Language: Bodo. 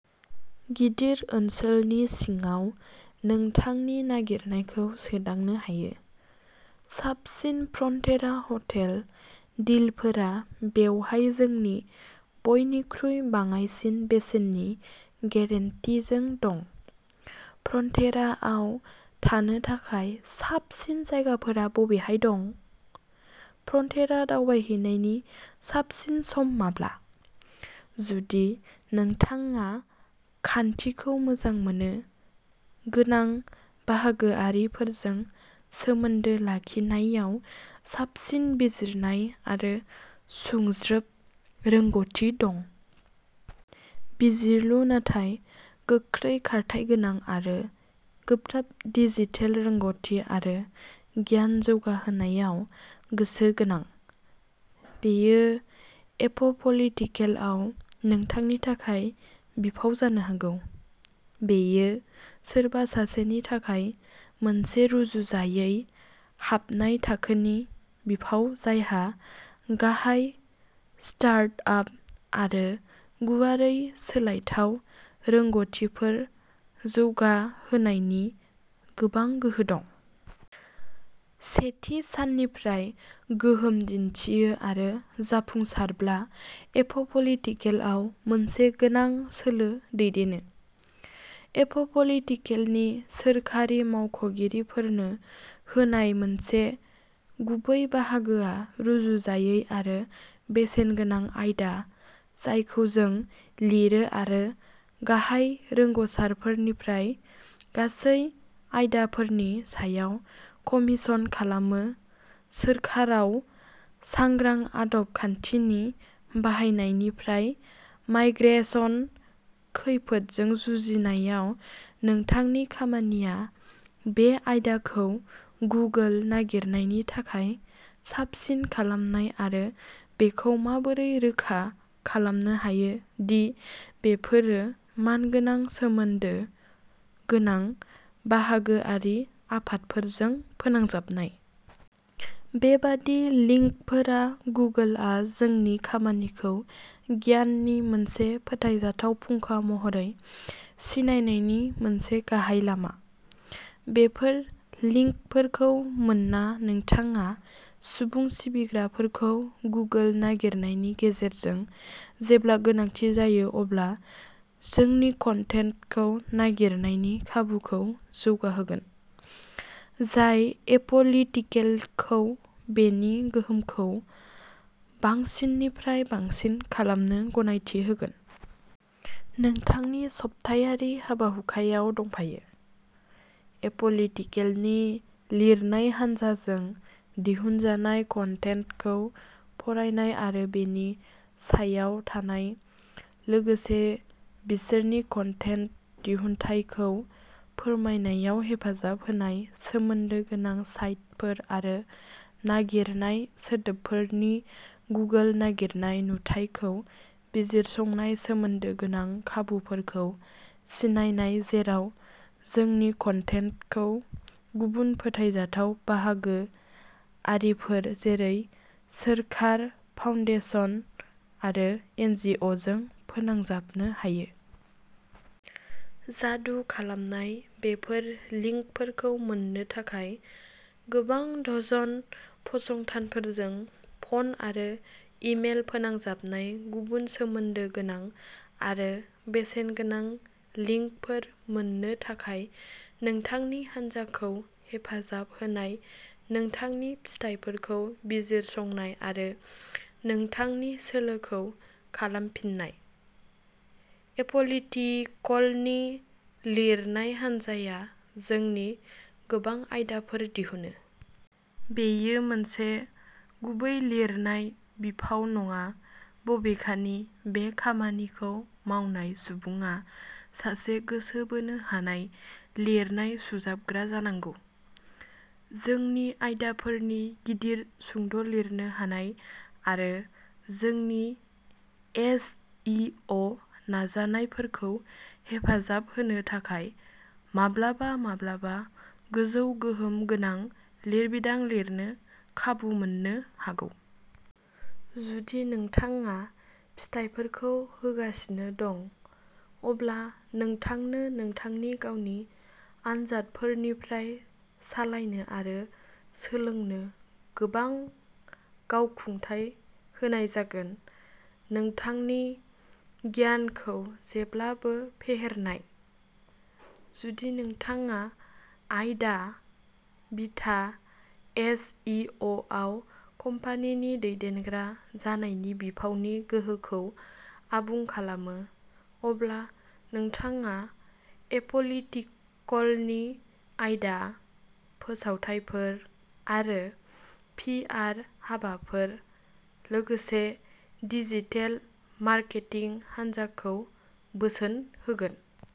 गिदिर ओनसोलनि सिङाव नोंथांनि नागिरनायखौ सोदांनो हायो। साबसिन फ्रन्टेरा हटेल डिलफोरा बेवहाय जोंनि बयनिख्रुइ बाङाइसिन बेसेननि गेरेन्टिजों दं। फ्रन्टेराआव थानो थाखाय साबसिन जायगाफोरा बबेहाय दं? फ्रन्टेरा दावबायहैनायनि साबसिन सम माब्ला? जुदि नोंथाङा खान्थिखौ मोजां मोनो गोनां बाहागोआरिफोरजों सोमोन्दो लाखिनायाव साबसिन बिजिरनाय आरो सुंज्रोब रोंग'थि दं। बिजिरलु नाथाय गोख्रै खारथाय गोनां आरो गोब्राब डिजिटेल रोंग'थि आरो गियान जौगाहोनायाव गोसो गोनां। बेयो एप'पलिटिकेलआव नोंथांनि थाखाय बिफाव जानो हागौ। बेयो सोरबा सासेनि थाखाय मोनसे रुजुजायै हाबनाय थाखोनि बिफाव जायहा गाहाय स्टार्ट आप आरो गुवारै सोलायथाव रोंगथिफोर जौगाहोनायनि गोबां गोहो दं। सेथि साननिफ्राय गोहोम दिनथियो आरो जाफुंसारब्ला एप'पलिटिकेलआव मोनसे गोनां सोलो दैदेनो। एप'पलिटिकेलनि सोरखारि मावख'गिरिफोरनो होनाय मोनसे गुबै बाहागोआ रुजुजायै आरो बेसेनगोनां आयदा जायखौ जों लिरो आरो गाहाय रोंगसारफोरनिफ्राय गासै आयदाफोरनि सायाव कमिसन खालामो सोरखाराव सांग्रां आदब खान्थिनि बाहायनायनिफ्राय माइग्रेसन खैफोदजों जुजिनायाव नोंथांनि खामानिया बे आयदाखौ गुगोल नागिरनायनि थाखाय साबसिन खालामनाय आरो बेखौ माबोरै रोखा खालामनो हायो दि बेफोरो मानगोनां सोमोन्दो गोनां बाहागोआरि आफादफोरजों फोनांजाबनाय। बेबादि लिंकफोरा गुगोलआ जोंनि खामानिखौ गियाननि मोनसे फोथायजाथाव फुंखा महरै सिनायनायनि मोनसे गाहाय लामा। बेफोर लिंकफोरखौ मोनना नोंथाङा सुबुं सिबिग्राफोरखौ गुगोल नागिरनायनि गेजेरजों जेब्ला गोनांथि जायो अब्ला जोंनि कन्टेन्टखौ नागिरनायनि खाबुखौ जौगाहोगोन। जाय एप'लिटिकेलखौ बेनि गोहोमखौ बांसिननिफ्राय बांसिन खालामनो गनायथि होगोन। नोंथांनि सप्तायारि हाबाहुखायाव दंफायो। एप'लिटिकेलनि लिरनाय हानजाजों दिहुनजानाय कन्टेन्टखौ फरायनाय आरो बेनि सायाव थानाय लोगोसे बिसोरनि कन्टेन्ट दिहुनथायखौ फोरमायनायाव हेफाजाब होनाय सोमोन्दो गोनां साइटफोर आरो नागिरनाय सोदोबफोरनि गुगोल नागिरनाय नुथायखौ बिजिरसंनाय सोमोन्दो गोनां खाबुफोरखौ सिनायनाय जेराव जोंनि कन्टेन्टखौ गुबुन फोथायजाथाव बाहागो आरिफोर जेरै सोरखार फाउन्डेसन आरो एनजिअजों फोनांजाबनो हायो। जादु खालामनाय बेफोर लिंकफोरखौ मोननो थाखाय गोबां डजन फसंथानफोरजों फन आरो इमेल फोनांजाबनाय गुबुन सोमोन्दो गोनां आरो बेसेनगोनां लिंकफोर मोन्नो थाखाय नोंथांनि हानजाखौ हेफाजाब होनाय नोंथांनि फिथायफोरखौ बिजिरसंनाय आरो नोंथांनि सोलोखौ खालामफिननाय। एप'लिटिकलनि लिरनाय हानजाया जोंनि गोबां आयदाफोर दिहुनो। बेयो मोनसे गुबै लिरनाय बिफाव नङा-बबेखानि बे खामानिखौ मावनाय सुबुङा सासे गोसो बोनो हानाय लिरनाय सुंजाबग्रा जानांगौ। जोंनि आयदाफोरनि गिदिर सुंद'लिरनो हानाय आरो जोंनि एस इ अ नाजानायफोरखौ हेफाजाब होनो थाखाय माब्लाबा-माब्लाबा गोजौ गोहोम गोनां लिरबिदां लिरनो खाबु मोननो हागौ। जुदि नोंथाङा फिथायफोरखौ होगासिनो दं, अब्ला नोंथांनो नोंथांनि गावनि आनजादफोरनिफ्राय सालायनो आरो सोलोंनो गोबां गावखुंथाय होनाय जागोन, नोंथांनि गियानखौ जेब्लाबो फेहेरनाय। जुदि नोंथाङा आयदा-बिथा एस इ अ आव कम्पानिनि दैदेनग्रा जानायनि बिफावनि गोहोखौ आबुं खालामो, अब्ला नोंथाङा एप'लिटिकलनि आयदा, फोसावथायफोर आरो पि आर हाबाफोर, लोगोसे डिजिटेल मार्केटिं हानजाखौ बोसोन होगोन।